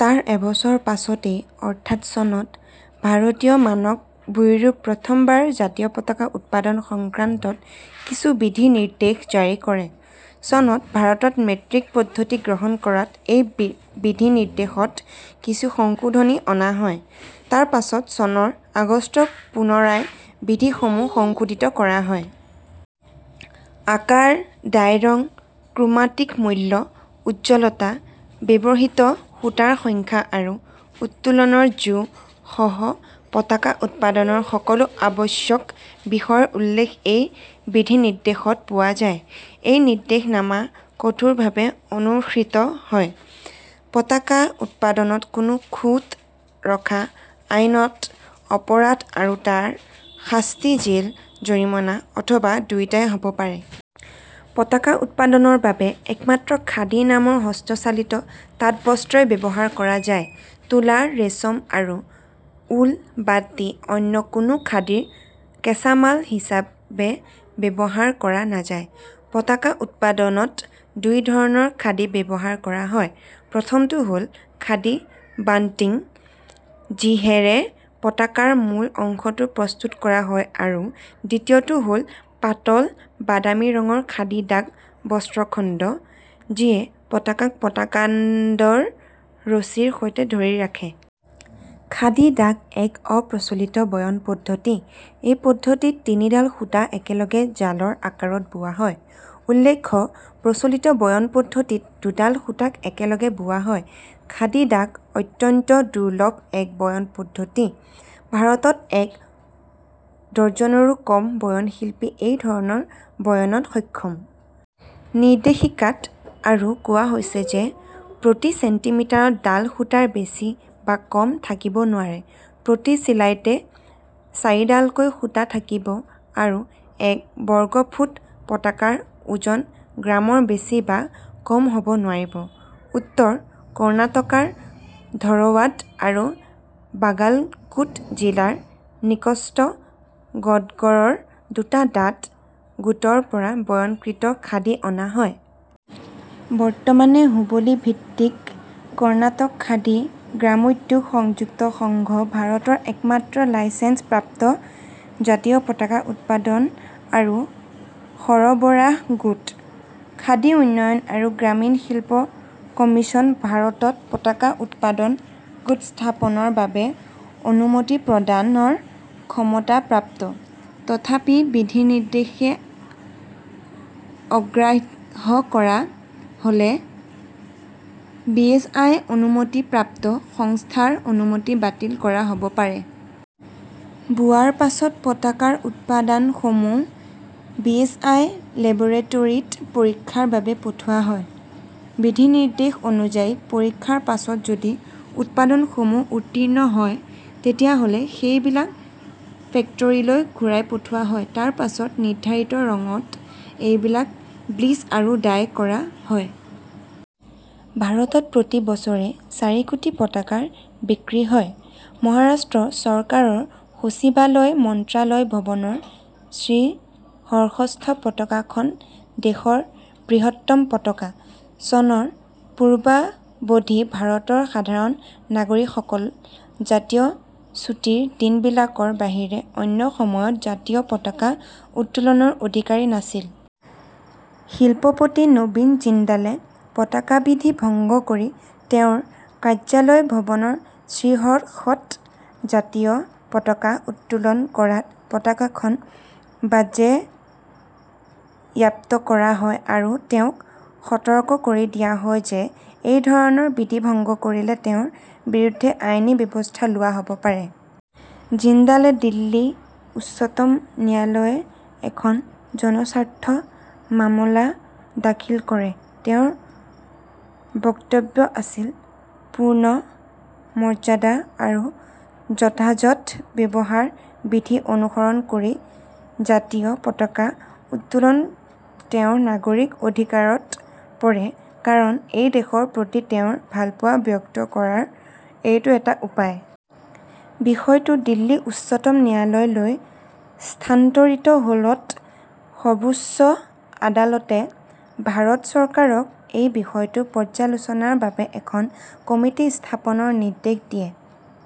তাৰ এবছৰ পাছতেই, অৰ্থাৎ চনত, ভাৰতীয় মানক ব্যুৰো প্ৰথম বাৰ জাতীয় পতাকা উৎপাদন সংক্ৰান্তত কিছু বিধি নিৰ্দেশ জাৰি কৰে। চনত ভাৰতত মেট্ৰিক পদ্ধতি গ্ৰহণ কৰাত এই বি বিধিনিৰ্দেশত কিছু সংশোধনী অনা হয়। তাৰপাছত চনৰ আগষ্টত পুনৰায় বিধিসমূহ সংশোধিত কৰা হয়। আকাৰ, ডাই ৰং, ক্ৰোমাটিক মূল্য, উজ্জ্বলতা, ব্যৱহিত সূতাৰ সংখ্যা আৰু উত্তোলনৰজ্জু সহ পতাকা উৎপাদনৰ সকলো আৱশ্যক বিষয়ৰ উল্লেখ এই বিধিনিৰ্দেশত পোৱা যায়। এই নিৰ্দেশনামা কঠোৰভাবে অনুসৃত হয়। পতাকা উৎপাদনত কোনো খুঁত ৰখা আইনত: অপৰাধ; আৰু তাৰ শাস্তি জেল, জৰিমনা অথবা দুয়োটাই হ'ব পাৰে।। পতাকা উৎপাদনৰ বাবে একমাত্ৰ খাদী নামৰ হস্তচালিত তাঁতবস্ত্ৰই ব্যবহাৰ কৰা যায়। তুলা, ৰেচম আৰু উল বাদ দি অন্য কোনো খাদীৰ কেঁচামাল হিচাবে ব্যবহাৰ কৰা নাযায়। পতাকা উৎপাদনত দুই ধৰণৰ খাদী ব্যবহাৰ কৰা হয়; প্ৰথমটো হ'ল খাদী-বাণ্টিং, যিহেৰে পতাকাৰ মূল অংশটো প্ৰস্তুত কৰা হয় আৰু দ্বিতীয়টো হ'ল পাতল বাদামী ৰঙৰ খাদী-ডাক বস্ত্ৰখণ্ড, যিয়ে পতাকাক পতাকাণ্ডৰ ৰছীৰ সৈতে ধৰি ৰাখে। খাদী-ডাক এক অপ্ৰচলিত বয়নপদ্ধতি। এই পদ্ধতিত তিনিডাল সূতা একেলগে জালৰ আকাৰত বোৱা হয়। উল্লেখ্য, প্ৰচলিত বয়নপদ্ধতিত দুডাল সূতাক একেলগে বোৱা হয়। খাদী-ডাক অত্যন্ত দুৰ্লভ এক বয়নপদ্ধতি। ভাৰতত এক ডজনৰো কম বয়নশিল্পী এই ধৰণৰ বয়নত সক্ষম। নিৰ্দেশিকাত আৰু কোৱা হৈছে যে, প্ৰতি চেণ্টিমিটাৰত ডাল সূতাৰ বেছি বা কম থাকিব নোৱাৰে, প্ৰতি চিলাইতে চাৰিডালকৈ সূতা থাকিব আৰু এক বৰ্গফুট পতাকাৰ ওজন গ্ৰামৰ বেছি বা কম হব নোৱাৰিব। উত্তৰ কৰ্ণাটকাৰ ধৰৱাদ আৰু বাগালকোট জিলাৰ নিকটস্থ গদগৰৰ দুটা তাঁত গোটৰ পৰা বয়নকৃত খাদী অনা হয়। বৰ্তমানে হুবলি -ভিত্তিক কৰ্ণাটক খাদী গ্ৰামোদ্যোগ সংযুক্ত সংঘ ভাৰতৰ একমাত্ৰ লাইচেঞ্চ-প্ৰাপ্ত জাতীয় পতাকা উৎপাদন আৰু সৰবৰাহ গোট। খাদী উন্নয়ন আৰু গ্ৰামীণ শিল্প কমিশ্যন ভাৰতত পতাকা উৎপাদন গোট স্থাপনৰ বাবে অনুমতি প্ৰদানৰ ক্ষমতাপ্ৰাপ্ত। তথাপি বিধিনিৰ্দেশে অগ্ৰাহ্য কৰা হলে বিএচআই অনুমতিপ্ৰাপ্ত সংস্থাৰ অনুমতি বাতিল কৰা হ'ব পাৰে। বোৱাৰ পাছত পতাকাৰ উতপাদানসমূহ বিএচআই লেবৰেটৰীত পৰীক্ষাৰ বাবে পঠোৱা হয়। বিধিনিৰ্দেশ অনুযায়ী পৰীক্ষাৰ পাছত যদি উতপাদানসমূহ উত্তীৰ্ণ হয়, তেতিয়াহ'লে সেইবিলাক ফেক্টৰীলৈ ঘূৰাই পঠোৱা হয়। তাৰপাছত নিৰ্ধাৰিত ৰঙত এইবিলাক ব্লিচ আৰু ডাই কৰা হয়। ভাৰতত প্ৰতি বছৰে চাৰি কোটি পতাকাৰ বিক্ৰী হয়। মহাৰাষ্ট্ৰ চৰকাৰৰ সচিবালয় মন্ত্ৰালয় ভৱনৰ শীৰ্ষস্থ পতাকাখন দেশৰ বৃহত্তম পতাকা। চনৰ পূৰ্বাবধি ভাৰতৰ সাধাৰণ নাগৰিকসকল জাতীয় ছুটিৰ দিনবিলাকৰ বাহিৰে অন্য সময়ত জাতীয় পতাকা উত্তোলনৰ অধিকাৰী নাছিল। শিল্পপতি নবীন জিন্দালে পতাকাবিধি ভঙ্গ কৰি তেওঁৰ কাৰ্য্যালয় ভৱনৰ শীসৰ্ষত জাতীয় পতাকা উত্তোলন কৰাত পতাকাখন বাজেয়াপ্ত কৰা হয় আৰু তেওঁক সতৰ্ক কৰি দিয়া হয় যে এই ধৰণৰ বিধি ভঙ্গ কৰিলে তেওঁৰ বিৰুদ্ধে আইনী ব্যবস্থা লোৱা হ'ব পাৰে। জিন্দালে দিল্লী উচ্চতম ন্যায়ালয় এখন জনস্বাৰ্থ মামলা দাখিল কৰে। তেওঁৰ বক্তব্য আছিল, পূৰ্ণ মৰ্যাদা আৰু যথাযথ ব্যবহাৰবিধি অনুসৰণ কৰি জাতীয় পতাকা উত্তোলন তেওঁৰ নাগৰিক অধিকাৰত পৰে; কাৰণ এই দেশৰ প্ৰতি তেওঁৰ ভালপোৱা ব্যক্ত কৰাৰ এইটো এটা উপায়। বিষয়টো দিল্লী উচ্চতম ন্যায়ালয় লৈ স্তান্তৰিত হ'লত সৰ্বোচ্চ আদালতে ভাৰত চৰকাৰক এই বিষয়টো পৰ্যালোচনাৰ বাবে এখন কমিটি স্থাপনৰ নিৰ্দেশ দিয়ে।